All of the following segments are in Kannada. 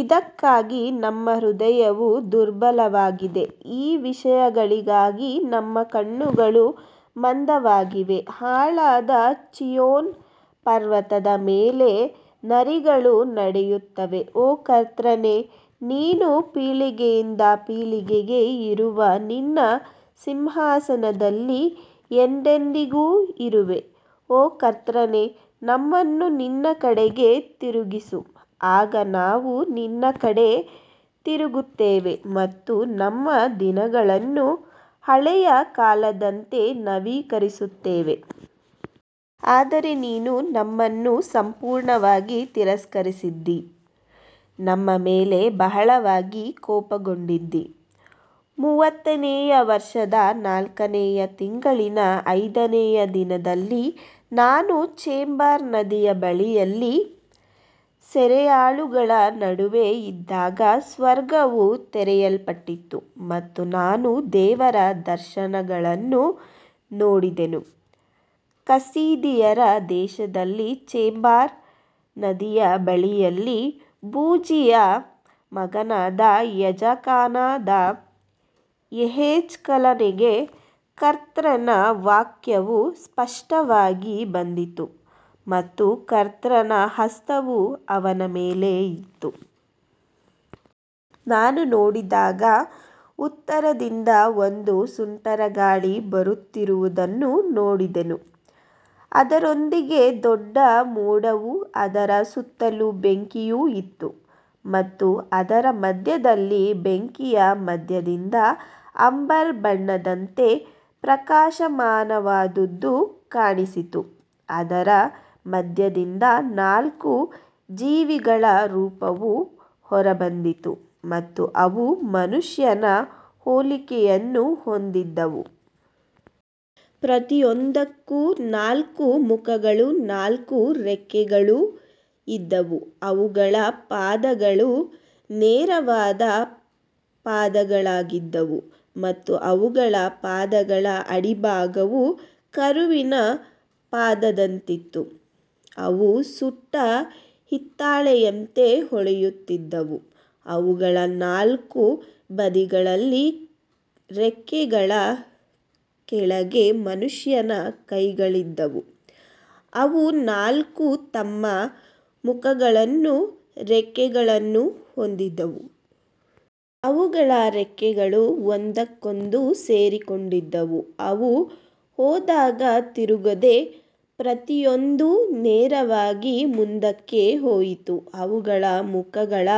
ಇದಕ್ಕಾಗಿ ನಮ್ಮ ಹೃದಯವು ದುರ್ಬಲವಾಗಿದೆ, ಈ ವಿಷಯಗಳಿಗಾಗಿ ನಮ್ಮ ಕಣ್ಣುಗಳು ಮಂದವಾಗಿವೆ. ಹಾಳಾದ ಚೀಯೋನ್ ಪರ್ವತದ ಮೇಲೆ ನರಿಗಳು ನಡೆಯುತ್ತವೆ. ಓ ಕರ್ತನೇ, ನೀನು ಪೀಳಿಗೆಯಿಂದ ಪೀಳಿಗೆಗೆ ಇರುವ ನಿನ್ನ ಸಿಂಹಾಸನದಲ್ಲಿ ಎಂದೆಂದಿಗೂ ಇರುವೆ. ಓ ಕರ್ತನೇ, ನಮ್ಮನ್ನು ನಿನ್ನ ಕಡೆಗೆ ತಿರುಗಿಸು, ಆಗ ನಾವು ನಿನ್ನ ಕಡೆಗೆ ತಿರುಗುತ್ತೇವೆ ಮತ್ತು ನಮ್ಮ ದಿನಗಳನ್ನು ಹಳೆಯ ಕಾಲದಂತೆ ನವೀಕರಿಸುತ್ತೇವೆ. ಆದರೆ ನೀನು ನಮ್ಮನ್ನು ಸಂಪೂರ್ಣವಾಗಿ ತಿರಸ್ಕರಿಸಿದ್ದೀ, ನಮ್ಮ ಮೇಲೆ ಬಹಳವಾಗಿ ಕೋಪಗೊಂಡಿದ್ದೀ. ಮೂವತ್ತನೆಯ ವರುಷದ ನಾಲ್ಕನೆಯ ತಿಂಗಳಿನ ಐದನೆಯ ದಿನದಲ್ಲಿ ನಾನು ಚೆಬಾರ್ ನದಿಯ ಬಳಿಯಲ್ಲಿ ಸೆರೆಯಾಳುಗಳ ನಡುವೆ ಇದ್ದಾಗ ಸ್ವರ್ಗವು ತೆರೆಯಲ್ಪಟ್ಟಿತು ಮತ್ತು ನಾನು ದೇವರ ದರ್ಶನಗಳನ್ನು ನೋಡಿದೆನು. ಕಸ್ದೀಯರ ದೇಶದಲ್ಲಿ ಚೆಬಾರ್ ನದಿಯ ಬಳಿಯಲ್ಲಿ ಬೂಜಿಯ ಮಗನಾದ ಯಾಜಕನಾದ ಯೆಹೆಜ್ಕೇಲನಿಗೆ ಕರ್ತನ ವಾಕ್ಯವು ಸ್ಪಷ್ಟವಾಗಿ ಬಂದಿತು ಮತ್ತು ಕರ್ತನ ಹಸ್ತವು ಅವನ ಮೇಲೆ ಇತ್ತು. ನಾನು ನೋಡಿದಾಗ, ಉತ್ತರದಿಂದ ಒಂದು ಸುಂಟರಗಾಳಿ ಬರುತ್ತಿರುವುದನ್ನು ನೋಡಿದೆನು. ಅದರೊಂದಿಗೆ ದೊಡ್ಡ ಮೋಡವೂ ಅದರ ಸುತ್ತಲೂ ಬೆಂಕಿಯೂ ಇತ್ತು ಮತ್ತು ಅದರ ಮಧ್ಯದಲ್ಲಿ ಬೆಂಕಿಯ ಮಧ್ಯದಿಂದ ಅಂಬರ್ ಬಣ್ಣದಂತೆ ಪ್ರಕಾಶಮಾನವಾದದ್ದು ಕಾಣಿಸಿತು. ಅದರ ಮಧ್ಯದಿಂದ ನಾಲ್ಕು ಜೀವಿಗಳ ರೂಪವು ಹೊರಬಂದಿತು ಮತ್ತು ಅವು ಮನುಷ್ಯನ ಹೋಲಿಕೆಯನ್ನು ಹೊಂದಿದ್ದವು. ಪ್ರತಿಯೊಂದಕ್ಕೂ ನಾಲ್ಕು ಮುಖಗಳೂ ನಾಲ್ಕು ರೆಕ್ಕೆಗಳೂ ಇದ್ದವು. ಅವುಗಳ ಪಾದಗಳು ನೇರವಾದ ಪಾದಗಳಾಗಿದ್ದವು ಮತ್ತು ಅವುಗಳ ಪಾದಗಳ ಅಡಿಭಾಗವು ಕರುವಿನ ಪಾದದಂತಿತ್ತು. ಅವು ಸುಟ್ಟ ಹಿತ್ತಾಳೆಯಂತೆ ಹೊಳೆಯುತ್ತಿದ್ದವು. ಅವುಗಳ ನಾಲ್ಕು ಬದಿಗಳಲ್ಲಿ ರೆಕ್ಕೆಗಳ ಕೆಳಗೆ ಮನುಷ್ಯನ ಕೈಗಳಿದ್ದವು. ಅವು ನಾಲ್ಕೂ ತಮ್ಮ ಮುಖಗಳನ್ನೂ ರೆಕ್ಕೆಗಳನ್ನೂ ಹೊಂದಿದ್ದವು. ಅವುಗಳ ರೆಕ್ಕೆಗಳು ಒಂದಕ್ಕೊಂದು ಸೇರಿಕೊಂಡಿದ್ದವು. ಅವು ಹೋದಾಗ ತಿರುಗದೆ, ಪ್ರತಿಯೊಂದೂ ನೇರವಾಗಿ ಮುಂದಕ್ಕೆ ಹೋಯಿತು. ಅವುಗಳ ಮುಖಗಳ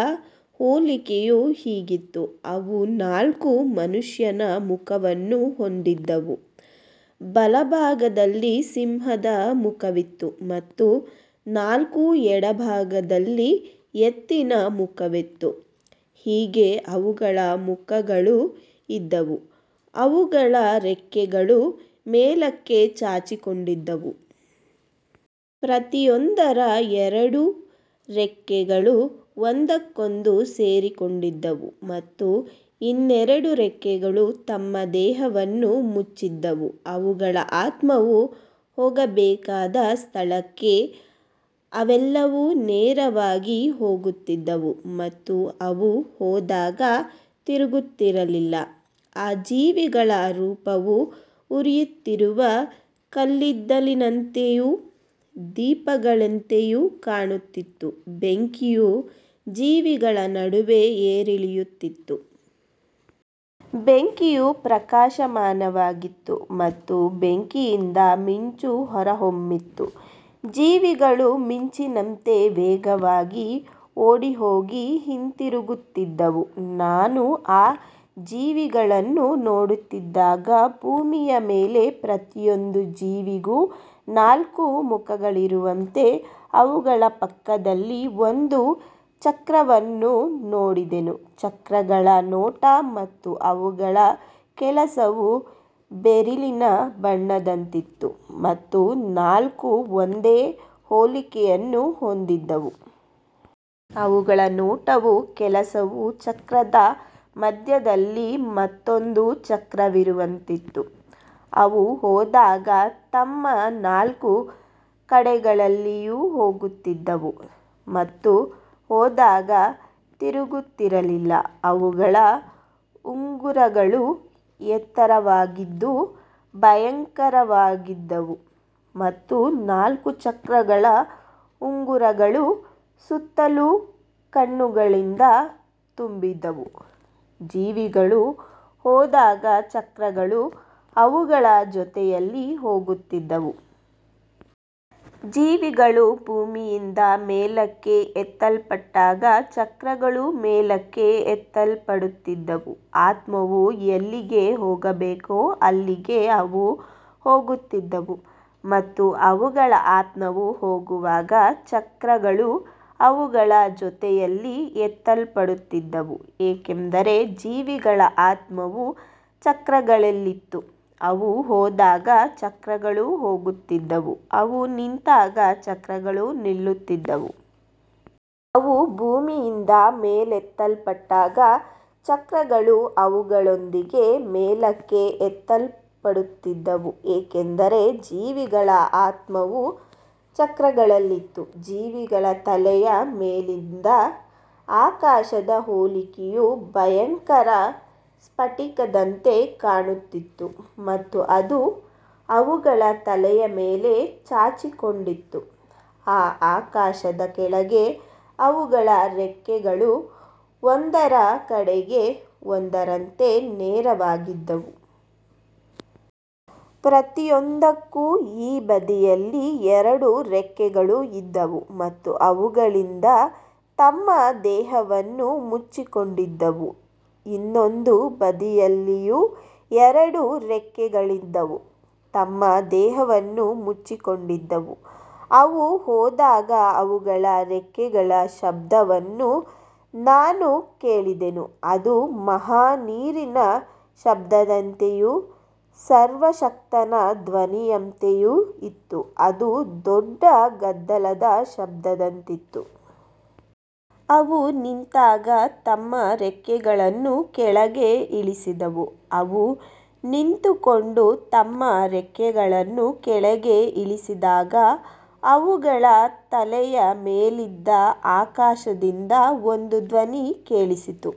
ಹೋಲಿಕೆಯು ಹೀಗಿತ್ತು, ಅವು ನಾಲ್ಕೂ ಮನುಷ್ಯನ ಮುಖವನ್ನು ಹೊಂದಿದ್ದವು, ಬಲಭಾಗದಲ್ಲಿ ಸಿಂಹದ ಮುಖವಿತ್ತು ಮತ್ತು ನಾಲ್ಕೂ ಎಡಭಾಗದಲ್ಲಿ ಎತ್ತಿನ ಮುಖವಿತ್ತು. ಹೀಗೆ ಅವುಗಳ ಮುಖಗಳು ಇದ್ದವು. ಅವುಗಳ ರೆಕ್ಕೆಗಳು ಮೇಲಕ್ಕೆ ಚಾಚಿಕೊಂಡಿದ್ದವು. ಪ್ರತಿಯೊಂದರ ಎರಡು ರೆಕ್ಕೆಗಳು ಒಂದಕ್ಕೊಂದು ಸೇರಿಕೊಂಡಿದ್ದವು ಮತ್ತು ಇನ್ನೆರಡು ರೆಕ್ಕೆಗಳು ತಮ್ಮ ದೇಹಗಳನ್ನು ಮುಚ್ಚಿದ್ದವು. ಅವುಗಳ ಆತ್ಮವು ಹೋಗಬೇಕಾದ ಸ್ಥಳಕ್ಕೆ ಅವೆಲ್ಲವೂ ನೇರವಾಗಿ ಹೋಗುತ್ತಿದ್ದವು ಮತ್ತು ಅವು ಹೋದಾಗ ತಿರುಗುತ್ತಿರಲಿಲ್ಲ. ಆ ಜೀವಿಗಳ ರೂಪವು ಉರಿಯುತ್ತಿರುವ ಕಲ್ಲಿದ್ದಲಿನಂತೆಯೂ ದೀಪಗಳಂತೆಯೂ ಕಾಣುತ್ತಿತ್ತು. ಬೆಂಕಿಯು ಜೀವಿಗಳ ನಡುವೆ ಏರಿಳಿಯುತ್ತಿತ್ತು. ಬೆಂಕಿಯು ಪ್ರಕಾಶಮಾನವಾಗಿತ್ತು ಮತ್ತು ಬೆಂಕಿಯಿಂದ ಮಿಂಚು ಹೊರಹೊಮ್ಮುತ್ತಿತ್ತು. ಜೀವಿಗಳು ಮಿಂಚಿನಂತೆ ವೇಗವಾಗಿ ಓಡಿಹೋಗಿ ಹಿಂದಿರುಗುತ್ತಿದ್ದವು. ನಾನು ಆ ಜೀವಿಗಳನ್ನು ನೋಡುತ್ತಿದ್ದಾಗ, ಭೂಮಿಯ ಮೇಲೆ ಪ್ರತಿಯೊಂದು ಜೀವಿಗೂ ನಾಲ್ಕು ಮುಖಗಳಿರುವಂತೆ ಅವುಗಳ ಪಕ್ಕದಲ್ಲಿ ಒಂದು ಚಕ್ರವನ್ನು ನೋಡಿದೆನು. ಚಕ್ರಗಳ ನೋಟ ಮತ್ತು ಅವುಗಳ ಕೆಲಸವು ಬೆರಿಲಿನ ಬಣ್ಣದಂತಿತ್ತು ಮತ್ತು ನಾಲ್ಕೂ ಒಂದೇ ಹೋಲಿಕೆಯನ್ನು ಹೊಂದಿದ್ದವು. ಅವುಗಳ ನೋಟವೂ ಕೆಲಸವೂ ಚಕ್ರದ ಮಧ್ಯದಲ್ಲಿ ಮತ್ತೊಂದು ಚಕ್ರವಿರುವಂತಿತ್ತು. ಅವು ಹೋದಾಗ ತಮ್ಮ ನಾಲ್ಕು ಕಡೆಗಳಲ್ಲಿಯೂ ಹೋಗುತ್ತಿದ್ದವು ಮತ್ತು ಹೋದಾಗ ತಿರುಗುತ್ತಿರಲಿಲ್ಲ. ಅವುಗಳ ಉಂಗುರಗಳು ಎತ್ತರವಾಗಿದ್ದು ಭಯಂಕರವಾಗಿದ್ದವು ಮತ್ತು ನಾಲ್ಕೂ ಚಕ್ರಗಳ ಉಂಗುರಗಳು ಸುತ್ತಲೂ ಕಣ್ಣುಗಳಿಂದ ತುಂಬಿದ್ದವು. ಜೀವಿಗಳು ಹೋದಾಗ ಚಕ್ರಗಳೂ ಅವುಗಳ ಜೊತೆಯಲ್ಲಿ ಹೋಗುತ್ತಿದ್ದವು. ಜೀವಿಗಳು ಭೂಮಿಯಿಂದ ಮೇಲಕ್ಕೆ ಎತ್ತಲ್ಪಟ್ಟಾಗ ಚಕ್ರಗಳೂ ಮೇಲಕ್ಕೆ ಎತ್ತಲ್ಪಡುತ್ತಿದ್ದವು. ಆತ್ಮವು ಎಲ್ಲಿಗೆ ಹೋಗಬೇಕೋ ಅಲ್ಲಿಗೆ ಅವು ಹೋಗುತ್ತಿದ್ದವು ಮತ್ತು ಅವುಗಳ ಆತ್ಮವು ಹೋಗುವಾಗ ಚಕ್ರಗಳೂ ಅವುಗಳ ಜೊತೆಯಲ್ಲಿ ಎತ್ತಲ್ಪಡುತ್ತಿದ್ದವು, ಏಕೆಂದರೆ ಜೀವಿಗಳ ಆತ್ಮವು ಚಕ್ರಗಳಲ್ಲಿತ್ತು. ಅವು ಹೋದಾಗ ಚಕ್ರಗಳೂ ಹೋಗುತ್ತಿದ್ದವು. ಅವು ನಿಂತಾಗ ಚಕ್ರಗಳೂ ನಿಲ್ಲುತ್ತಿದ್ದವು. ಅವು ಭೂಮಿಯಿಂದ ಮೇಲೆತ್ತಲ್ಪಟ್ಟಾಗ ಚಕ್ರಗಳೂ ಅವುಗಳೊಂದಿಗೆ ಮೇಲಕ್ಕೆ ಎತ್ತಲ್ಪಡುತ್ತಿದ್ದವು, ಏಕೆಂದರೆ ಜೀವಿಗಳ ಆತ್ಮವು ಚಕ್ರಗಳಲ್ಲಿತ್ತು. ಜೀವಿಗಳ ತಲೆಯ ಮೇಲಿದ್ದ ಆಕಾಶದ ಹೋಲಿಕೆಯು ಭಯಂಕರ ಸ್ಫಟಿಕದಂತೆ ಕಾಣುತ್ತಿತ್ತು ಮತ್ತು ಅದು ಅವುಗಳ ತಲೆಯ ಮೇಲೆ ಚಾಚಿಕೊಂಡಿತ್ತು. ಆ ಆಕಾಶದ ಕೆಳಗೆ ಅವುಗಳ ರೆಕ್ಕೆಗಳು ಒಂದರ ಕಡೆಗೆ ಒಂದರಂತೆ ನೇರವಾಗಿದ್ದವು. ಪ್ರತಿಯೊಂದಕ್ಕೂ ಈ ಬದಿಯಲ್ಲಿ ಎರಡು ರೆಕ್ಕೆಗಳು ಇದ್ದವು ಮತ್ತು ಅವುಗಳಿಂದ ತಮ್ಮ ದೇಹವನ್ನು ಮುಚ್ಚಿಕೊಂಡಿದ್ದವು. ಇನ್ನೊಂದು ಬದಿಯಲ್ಲಿಯೂ ಎರಡು ರೆಕ್ಕೆಗಳಿಂದ ತಮ್ಮ ದೇಹವನ್ನು ಮುಚ್ಚಿಕೊಂಡಿದ್ದವು. ಅವು ಹೋದಾಗ ಅವುಗಳ ರೆಕ್ಕೆಗಳ ಶಬ್ದವನ್ನು ನಾನು ಕೇಳಿದೆನು. ಅದು ಮಹಾ ನೀರಿನ ಶಬ್ದದಂತೆಯೂ ಸರ್ವಶಕ್ತನ ಧ್ವನಿಯಂತೆಯೂ ಇತ್ತು. ಅದು ದೊಡ್ಡ ಗದ್ದಲದ ಶಬ್ದದಂತಿತ್ತು. ಅವು ನಿಂತಾಗ ತಮ್ಮ ರೆಕ್ಕೆಗಳನ್ನು ಕೆಳಗೆ ಇಳಿಸಿದವು. ಅವು ನಿಂತುಕೊಂಡು ತಮ್ಮ ರೆಕ್ಕೆಗಳನ್ನು ಕೆಳಗೆ ಇಳಿಸಿದಾಗ, ಅವುಗಳ ತಲೆಯ ಮೇಲಿದ್ದ ಆಕಾಶದಿಂದ ಒಂದು ಧ್ವನಿ ಕೇಳಿಸಿತು.